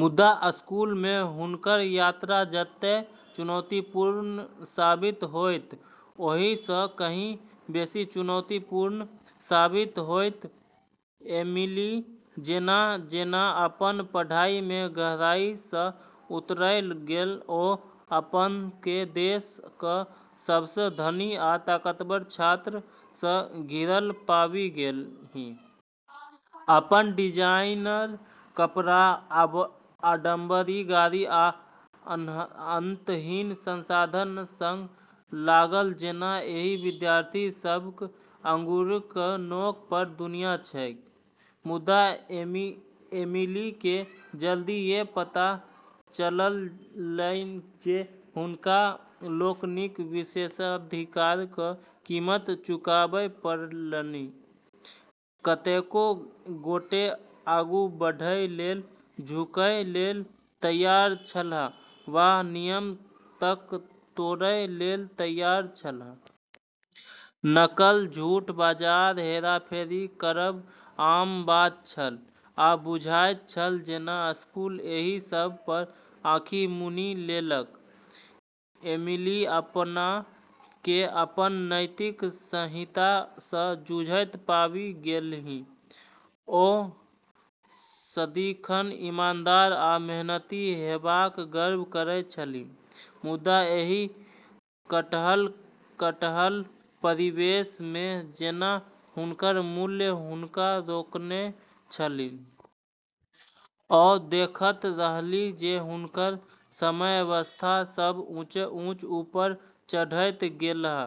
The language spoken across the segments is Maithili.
मुदा, स्कूल मे हुनकर यात्रा जतेक चुनौतीपूर्ण साबित होयत, ओहि सं कहीं बेसी चुनौतीपूर्ण साबित होयत। एमिली जेना-जेना अपन पढ़ाई मे गहराई स उतरैत गेलीह, ओ अपना के देश क सबस धनी आ ताकतवर छात्र स घिरल पाबि गेलीह। अपन डिजाइनर कपड़ा, आडंबरी गाड़ी, आ अंतहीन संसाधनक संग लागल जेना एहि विद्यार्थी सभक आँगुरक नोक पर दुनियाँ छैक। मुदा एमिली के जल्दिये पता चललनि जे हुनका लोकनिक विशेषाधिकारक कीमत चुकाबय पड़लनि; कतेको गोटे आगू बढ़य लेल झुकय लेल तैयार छलाह वा नियम तक तोड़य लेल तैयार छलाह। नकल, झूठ बाजब, हेरफेर करब आम बात छल, आ बुझाइत छल जेना स्कूल एहि सब पर आँखि मुनि लेलक। एमिली अपना के अपन नैतिक संहिता स जूझैत पाबि गेलीह। ओ सदिखन ईमानदार आ मेहनती हेबाक गर्व करैत छलीह, मुदा एहि कटल-कटल परिवेश मे जेना हुनकर मूल्य हुनका रोकने छलनि। ओ देखैत रहलीह जे हुनकर समवयस्क सभ ऊँच-ऊँच ऊपर चढ़ैत गेलाह,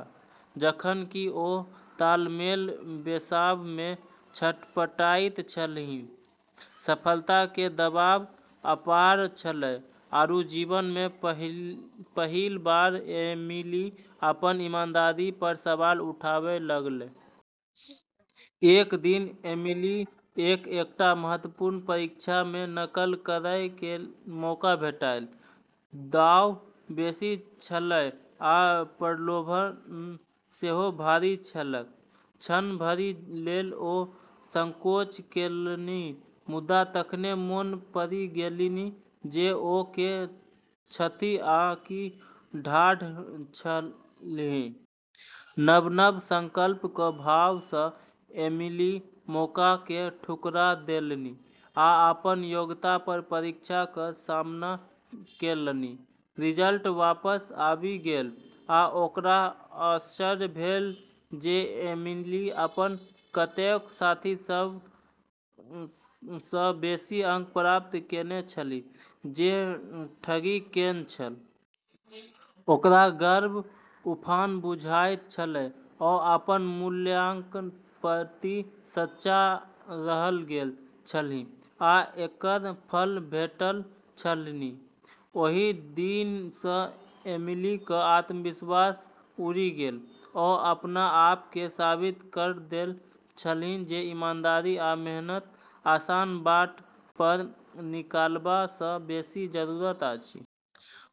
जखन कि ओ तालमेल बैसाब' मे छटपटाइत छलीह। सफलता के दबाव अपार छेलै, आरू जीवन में पहिल बार एमिली अपन ईमानदारी पर सवाल उठाबै लगलै। एक दिन एमिली के एकटा महत्वपूर्ण परीक्षा में नकल करय के मौका भेटल। दाँव बेसी छलैक, आ प्रलोभन सेहो भारी छलैक। क्षण भरि लेल ओ संकोच केलनि, मुदा तखने मोन पड़ि गेलनि जे ओ के छथि आ की ठाढ़ छलीह। नव-नव संकल्पक भाव सँ एमिली मौका के ठुकरा देलनि आ अपन योग्यता पर परीक्षाक सामना केलनि। रिजल्ट वापस आबि गेलै, आ ओकरा आश्चर्य भेलै जे एमिली अपन कतेको साथी सब स बेसी अंक प्राप्त केने छलीह जे ठगी केने छल। ओकरा गर्वक उफान बुझाइत छलैक; ओ अपन मूल्यक प्रति सच्चा रहि गेल छलीह, आ एकर फल भेटल छलनि। ओहि दिनसँ एमिलीक आत्मविश्वास उड़ि गेलै। ओ अपना आप के साबित क देने छलीह जे ईमानदारी आ मेहनति आसान बाट पर निकलबा सँ बेसी जरूरी अछि।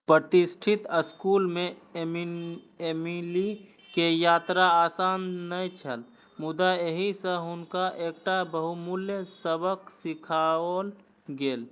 प्रतिष्ठित स्कूल मे एमिली के यात्रा आसान नै छल, मुदा एहि सं हुनका एकटा बहुमूल्य सबक सिखओल गेल।